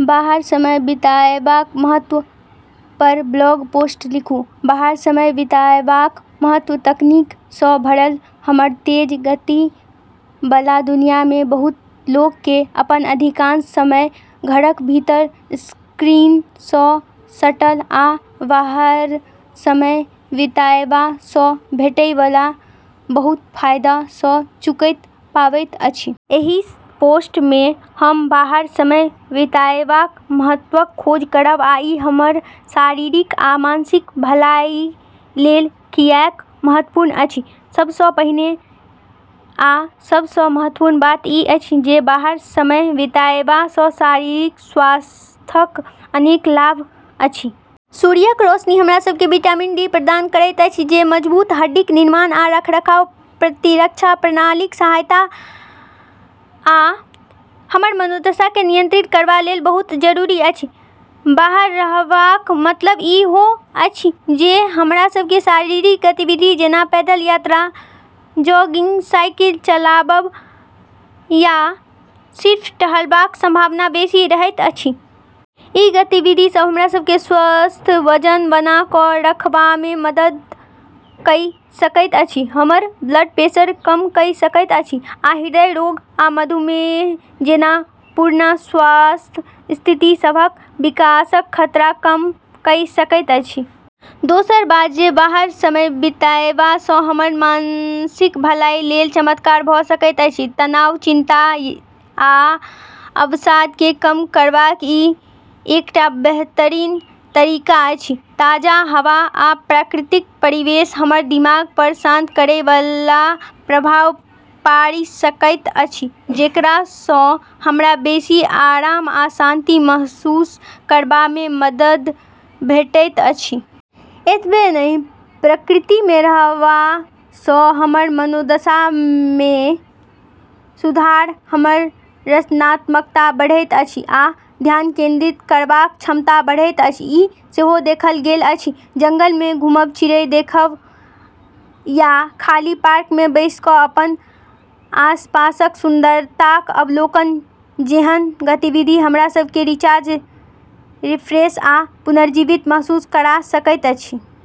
बाहर समय बिताएबाक महत्व पर ब्लॉग पोस्ट लिखू। बाहर समय बिताएबाक महत्व तकनीक सँ भरल हमर तेज गति बला दुनिया मे बहुत लोक केँ अपन अधिकांश समय घरक भीतर, स्क्रीन सँ सटल, आ बाहर समय बिताएबा सँ भेटै बला बहुत फायदा सँ चूकैत पाबैत अछि। एहि पोस्ट मे हम बाहर समय बिताएबाक महत्वक खोज करब आ ई हमर शारीरिक आ मानसिक भलाइ लेल कियाक महत्वपूर्ण अछि। सब सँ पहिने आ सब सँ महत्वपूर्ण बात ई अछि जे बाहर समय बिताएबा सँ शारीरिक स्वास्थ्यक अनेक लाभ अछि। सूर्यक रोशनी हमरा सभ केँ विटामिन डी प्रदान करैत अछि, जे मजबूत हड्डीक निर्माण आ रखरखाव, प्रतिरक्षा प्रणालीक सहायता, आ हमर मनोदशा केँ नियंत्रित करबा लेल बहुत जरूरी अछि। बाहर रहबाक मतलब ई हो अछि जे हमरा सभ केँ शारीरिक गतिविधि जेना पैदल यात्रा, जॉगिंग, साइकिल चलाबब, या सिर्फ टहलबाक संभावना बेसी रहैत अछि। ई गतिविधि सभ हमरा सभ केँ स्वस्थ वजन बना कऽ रखबामे मदद कइ सकैत अछि, हमर ब्लड प्रेशर कम कइ सकैत अछि, आ हृदय रोग आ मधुमेह जेना पुरना स्वास्थ्य स्थिति सभक विकासक खतरा कम कइ सकैत अछि। दोसर बात जे बाहर समय बिताएबा सँ हमर मानसिक भलाइ लेल चमत्कार भऽ सकैत अछि। तनाव, चिंता आ अवसाद केँ कम करबाक ई एकटा बेहतरीन तरीका अछि। ताज़ा हवा आ प्राकृतिक परिवेश हमर दिमाग पर शांत करै बला प्रभाव पाड़ि सकैत अछि, जेकरा सँ हमरा बेसी आराम आ शांति महसूस करबामे मदद भेटैत अछि। एतबे नहि, प्रकृति मे रहबा सँ हमर मनोदशा मे सुधार, हमर रचनात्मकता बढ़ैत अछि, आ ध्यान केंद्रित करबाक क्षमता बढ़ैत अछि, ई सेहो देखल गेल अछि। जंगल मे घुमब, चिड़ै देखब, या खाली पार्क मे बैसि कऽ अपन आसपासक सुंदरताक अवलोकन जेहन गतिविधि हमरा सभ केँ रिचार्ज, रिफ्रेश आ पुनर्जीवित महसूस करा सकैत अछि।